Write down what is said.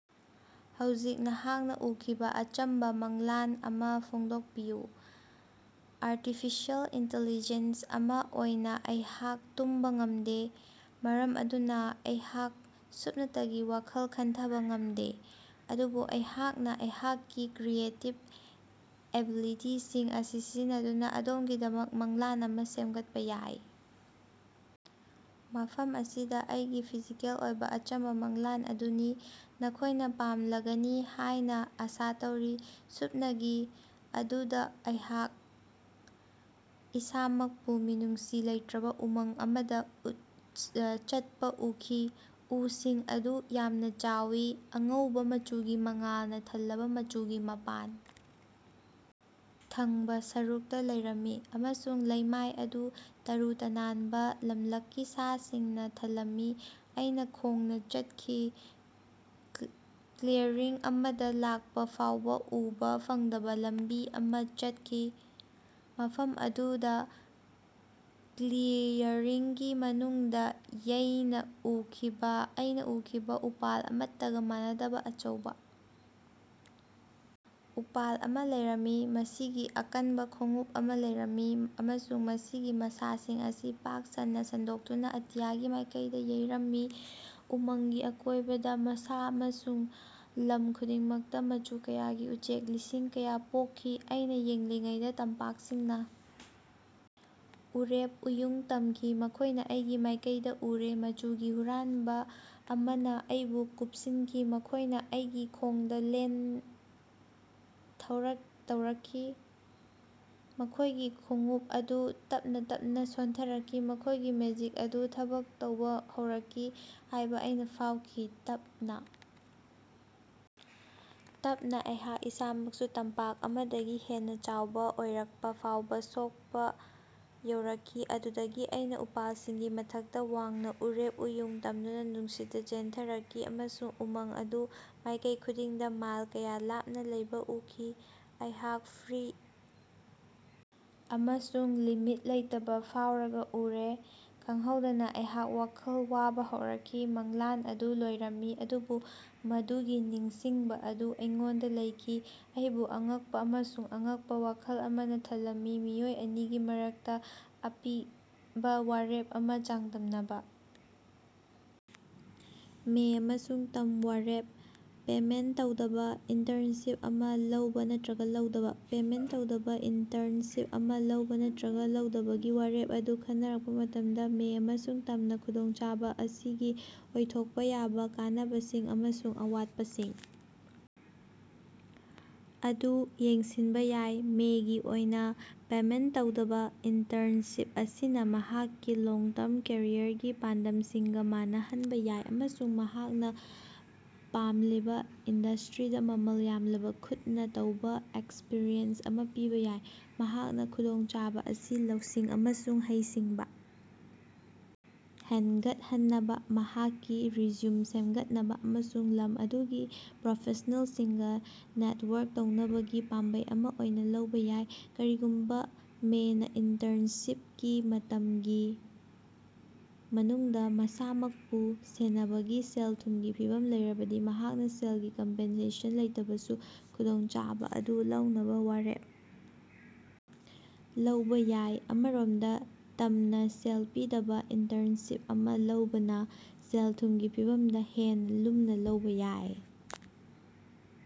ꯍꯧꯖꯤꯛ ꯅꯍꯥꯛꯅ ꯎꯈꯤꯕ ꯑꯆꯝꯕ ꯃꯪꯂꯥꯟ ꯑꯃ ꯐꯣꯡꯗꯣꯛꯄꯤꯌꯨ꯫ ꯑꯥꯔꯇꯤꯐꯤꯁꯤꯑꯦꯜ ꯏꯟꯇꯤꯂꯤꯖꯦꯟꯁ ꯑꯃ ꯑꯣꯏꯅ ꯑꯩꯍꯥꯛ ꯇꯨꯝꯕ ꯉꯝꯗꯦ, ꯃꯔꯝ ꯑꯗꯨꯅ ꯑꯩꯍꯥꯛ ꯁꯨꯞꯅꯇꯒꯤ ꯋꯥꯈꯜ ꯈꯟꯊꯕꯥ ꯉꯝꯗꯦ꯫ ꯑꯗꯨꯕꯨ ꯑꯩꯍꯥꯛꯅ ꯑꯩꯍꯥꯛꯀꯤ ꯀ꯭ꯔꯤꯌꯦꯇꯤꯕ ꯑꯦꯕꯤꯂꯤꯇꯤꯁꯤꯡ ꯑꯁꯤ ꯁꯤꯖꯤꯟꯅꯗꯨꯅ ꯑꯗꯣꯝꯒꯤꯗꯃꯛ ꯃꯪꯂꯥꯟ ꯑꯃ ꯁꯦꯝꯒꯠꯄ ꯌꯥꯏ꯫ ꯃꯐꯝ ꯑꯁꯤꯗ ꯑꯩꯒꯤ ꯐꯤꯖꯤꯀꯦꯜ ꯑꯣꯏꯕ ꯑꯆꯝꯕ ꯃꯪꯂꯥꯟ ꯑꯗꯨꯅꯤ, ꯅꯈꯣꯏꯅ ꯄꯥꯝꯂꯒꯅꯤ ꯍꯥꯏꯅ ꯑꯥꯁꯥ ꯇꯧꯔꯤ꯫ ꯁꯨꯞꯅꯒꯤ ꯑꯗꯨꯗ ꯑꯩꯍꯥꯛ ꯏꯁꯥꯃꯛꯄꯨ ꯃꯤꯅꯨꯡꯁꯤ ꯂꯩꯇꯔꯕ ꯎꯃꯪ ꯑꯃꯗ ꯆꯠꯄꯥ ꯎꯈꯤ꯫ ꯎꯁꯤꯡ ꯑꯗꯨ ꯌꯥꯝꯅ ꯆꯥꯎꯏ, ꯑꯉꯧꯕ ꯃꯆꯨꯒꯤ ꯃꯉꯥꯜꯅ ꯊꯜꯂꯕꯥ ꯃꯆꯨꯒꯤ ꯃꯄꯥꯟ ꯊꯪꯕ ꯁꯔꯨꯛꯇ ꯂꯩꯔꯝꯃꯤ, ꯑꯃꯁꯨꯡ ꯂꯩꯃꯥꯏ ꯑꯗꯨ ꯇꯔꯨ ꯇꯅꯥꯟꯕ, ꯂꯝꯂꯛꯀꯤ ꯁꯥꯁꯤꯡꯅ ꯊꯜꯂꯝꯃꯤ꯫ ꯑꯩꯅ ꯈꯣꯡꯅ ꯆꯠꯈꯤ, ꯀ꯭ꯂꯤꯌꯔꯤꯡ ꯑꯃꯗ ꯂꯥꯛꯄ ꯐꯥꯎꯕ ꯎꯕꯥ ꯐꯪꯗꯕ ꯂꯝꯕꯤ ꯑꯃ ꯆꯠꯈꯤ꯫ ꯃꯐꯝ ꯑꯗꯨꯗ ꯀ꯭ꯂꯤꯌꯔꯤꯡꯒꯤ ꯃꯅꯨꯡꯗ ꯑꯩꯅ ꯎꯈꯤꯕ ꯎꯄꯥꯜ ꯑꯃꯠꯇꯒ ꯃꯥꯟꯅꯗꯕ ꯑꯆꯧꯕ ꯎꯄꯥꯜ ꯑꯃ ꯂꯩꯔꯝꯃꯤ꯫ ꯃꯁꯤꯒꯤ ꯑꯀꯟꯕ ꯈꯣꯡꯎꯞ ꯑꯃ ꯂꯩꯔꯝꯃꯤ, ꯑꯃꯁꯨꯡ ꯃꯁꯤꯒꯤ ꯃꯁꯥꯁꯤꯡ ꯑꯁꯤ ꯄꯥꯛ ꯁꯟꯅꯥ ꯁꯟꯗꯣꯛꯇꯨꯅ ꯑꯇꯤꯌꯥꯒꯤ ꯃꯥꯏꯀꯩꯗ ꯌꯧꯔꯝꯃꯤ꯫ ꯎꯃꯪꯒꯤ ꯑꯀꯣꯏꯕꯗꯥ, ꯃꯁꯥ ꯑꯃꯁꯨꯡ ꯂꯝ ꯈꯨꯗꯤꯡꯃꯛꯇꯥ ꯃꯆꯨ ꯀꯌꯥꯒꯤ ꯎꯆꯦꯛ ꯂꯤꯁꯤꯡ ꯀꯌꯥ ꯄꯣꯛꯈꯤ꯫ ꯑꯩꯅ ꯌꯦꯡꯂꯤꯉꯩꯗ ꯇꯝꯄꯥꯛꯁꯤꯡꯅ ꯎꯔꯦꯞ ꯎꯌꯨꯡ ꯇꯝꯈꯤ, ꯃꯈꯣꯏꯅ ꯑꯩꯒꯤ ꯃꯥꯏꯀꯩꯗ ꯎꯔꯦ, ꯃꯆꯨꯒꯤ ꯍꯨꯔꯥꯟꯕ ꯑꯃꯅ ꯑꯩꯕꯨ ꯀꯨꯞꯁꯤꯟꯈꯤ꯫ ꯃꯈꯣꯏꯅ ꯑꯩꯒꯤ ꯈꯣꯡꯗ ꯂꯦꯟꯗ ꯇꯧꯔꯛꯈꯤ, ꯃꯈꯣꯏꯒꯤ ꯈꯣꯡꯎꯞ ꯑꯗꯨ ꯇꯞꯅꯥ ꯇꯞꯅꯥ ꯁꯣꯟꯊꯔꯛꯈꯤ, ꯃꯈꯣꯏꯒꯤ ꯃꯦꯖꯤꯛ ꯑꯗꯨ ꯊꯕꯛ ꯇꯧꯕ ꯍꯧꯔꯛꯈꯤ ꯍꯥꯏꯕ ꯑꯩꯅ ꯐꯥꯎꯈꯤ꯫ ꯇꯞꯅꯥ ꯇꯞꯅꯥ ꯑꯩꯍꯥꯛ ꯏꯁꯥꯃꯛꯁꯨ ꯇꯝꯄꯥꯛ ꯑꯃꯗꯒꯤ ꯍꯦꯟꯅ ꯆꯥꯎꯕ ꯑꯣꯏꯔꯛꯄ ꯐꯥꯎꯕ ꯁꯣꯛꯄ ꯍꯧꯔꯛꯈꯤ꯫ ꯑꯗꯨꯗꯒꯤ ꯑꯩꯅ ꯎꯄꯥꯜꯁꯤꯡꯒꯤ ꯃꯊꯛꯇ ꯋꯥꯡꯅ ꯎꯔꯦꯞ ꯎꯌꯨꯡ ꯇꯝꯗꯨꯅ ꯅꯨꯡꯁꯤꯠꯇ ꯆꯦꯟꯊꯔꯛꯈꯤ ꯑꯃꯁꯨꯡ ꯎꯃꯪ ꯑꯗꯨ ꯃꯥꯏꯀꯩ ꯈꯨꯗꯤꯡꯗ ꯃꯥꯏꯜ ꯀꯌꯥ ꯂꯥꯞꯅ ꯂꯩꯕ ꯎꯈꯤ꯫ ꯑꯩꯍꯥꯛ ꯐ꯭ꯔꯤ ꯑꯃꯁꯨꯡ ꯂꯤꯃꯤꯠ ꯂꯩꯇꯕ ꯐꯥꯎꯔꯒ ꯎꯔꯦ, ꯈꯪꯍꯧꯗꯅꯥ ꯑꯩꯍꯥꯛ ꯋꯥꯈꯜ ꯋꯥꯕ ꯍꯧꯔꯛꯈꯤ꯫ ꯃꯪꯂꯥꯟ ꯑꯗꯨ ꯂꯣꯏꯔꯝꯃꯤ ꯑꯗꯨꯕꯨ ꯃꯗꯨꯒꯤ ꯅꯤꯡꯁꯤꯡꯕ ꯑꯗꯨ ꯑꯩꯉꯣꯟꯗ ꯂꯩꯈꯤ, ꯑꯩꯕꯨ ꯑꯉꯛꯄ ꯑꯃꯁꯨꯡ ꯑꯉꯛꯄ ꯋꯥꯈꯜ ꯑꯃꯅ ꯊꯜꯂꯝꯃꯤ꯫ ꯃꯤꯑꯣꯏ ꯑꯅꯤꯒꯤ ꯃꯔꯛꯇ ꯑꯄꯤꯕ ꯋꯥꯔꯦꯞ ꯑꯃ ꯆꯥꯡꯗꯝꯅꯕ꯫ ꯃꯦ ꯑꯃꯁꯨꯡ ꯇꯝ ꯋꯥꯔꯦꯞ - ꯄꯦꯃꯦꯟꯇ ꯇꯧꯗꯕ ꯏꯟꯇꯔꯟꯁꯤꯞ ꯑꯃ ꯂꯧꯕ ꯅꯠꯇꯔꯒ ꯂꯧꯗꯕ꯫ ꯄꯦꯃꯦꯟꯇ ꯇꯧꯗꯕ ꯏꯟꯇꯔꯟꯁꯤꯞ ꯑꯃ ꯂꯧꯕ ꯅꯠꯇꯔꯒ ꯂꯧꯗꯕꯒꯤ ꯋꯥꯔꯦꯞ ꯑꯗꯨ ꯈꯟꯅꯔꯛꯄ ꯃꯇꯝꯗ, ꯃꯦ ꯑꯃꯁꯨꯡ ꯇꯝꯅ ꯈꯨꯗꯣꯡꯆꯥꯕ ꯑꯁꯤꯒꯤ ꯑꯣꯏꯊꯣꯛꯄ ꯌꯥꯕꯥ ꯀꯥꯟꯅꯕꯁꯤꯡ ꯑꯃꯁꯨꯡ ꯑꯋꯥꯠꯄꯁꯤꯡ ꯑꯗꯨ ꯌꯦꯡꯁꯤꯟꯕ ꯌꯥꯏ꯫ ꯃꯦꯒꯤ ꯑꯣꯏꯅ, ꯄꯦꯃꯦꯟꯇ ꯇꯧꯗꯕ ꯏꯟꯇꯔꯟꯁꯤꯞ ꯑꯁꯤꯅ ꯃꯍꯥꯛꯀꯤ ꯂꯣꯡ-ꯇ꯭ꯥꯔꯝ ꯀꯦꯔꯤꯌꯔꯒꯤ ꯄꯥꯟꯗꯝꯁꯤꯡꯒ ꯃꯥꯟꯅꯍꯟꯕ ꯌꯥꯏ ꯑꯃꯁꯨꯡ ꯃꯍꯥꯛꯅ ꯄꯥꯝꯂꯤꯕ ꯏꯟꯗꯁꯇ‍꯭ꯔꯤꯗ ꯃꯃꯜ ꯌꯥꯝꯂꯕ ꯈꯨꯠꯅ ꯇꯧꯕ ꯑꯦꯛꯁꯄ꯭ꯔꯤꯌꯦꯟꯁ ꯑꯃ ꯄꯤꯕ ꯌꯥꯏ꯫ ꯃꯍꯥꯛꯅ ꯈꯨꯗꯣꯡꯆꯥꯕ ꯑꯁꯤ ꯂꯧꯁꯤꯡ ꯑꯃꯁꯨꯡ ꯍꯩꯁꯤꯡꯕ ꯍꯦꯟꯒꯠꯍꯟꯅꯕ, ꯃꯍꯥꯛꯀꯤ ꯔꯤꯖ꯭ꯌꯨꯝ ꯁꯦꯝꯒꯠꯅꯕ ꯑꯃꯁꯨꯡ ꯂꯝ ꯑꯗꯨꯒꯤ ꯄ꯭ꯔꯣꯐꯦꯁ꯭ꯅꯦꯜꯁꯤꯡꯒ ꯅꯦꯠꯋꯔꯛ ꯇꯧꯅꯕꯒꯤ ꯄꯥꯝꯕꯩ ꯑꯃ ꯑꯣꯏꯅ ꯂꯧꯕ ꯌꯥꯏ꯫ ꯀꯔꯤꯒꯨꯝꯕ ꯃꯦꯅꯥ ꯏꯟꯇꯔꯟꯁꯤꯞꯀꯤ ꯃꯇꯝꯒꯤ ꯃꯅꯨꯡꯗ ꯃꯁꯥꯃꯛꯄꯨ ꯁꯦꯟꯅꯕꯒꯤ ꯁꯦꯜ-ꯊꯨꯝꯒꯤ ꯐꯤꯚꯝ ꯂꯩꯔꯕꯗꯤ, ꯃꯍꯥꯛꯅ ꯁꯦꯜꯒꯤ ꯀꯝꯄꯦꯟꯁꯦꯁꯟ ꯂꯩꯇꯕꯁꯨ ꯈꯨꯗꯣꯡꯆꯥꯕ ꯑꯗꯨ ꯂꯧꯅꯕ ꯋꯥꯔꯦꯞ ꯂꯧꯕ ꯌꯥꯏ꯫ ꯑꯃꯔꯣꯝꯗ, ꯇꯝꯅ ꯁꯦꯜ ꯄꯤꯗꯕ ꯏꯟꯇꯔꯟꯁꯤꯞ ꯑꯃ ꯂꯧꯕꯅ ꯁꯦꯜ-ꯊꯨꯝꯒꯤ ꯐꯤꯚꯝꯗ ꯍꯦꯟꯅ ꯂꯨꯝꯅ ꯂꯧꯕ ꯌꯥꯏ꯫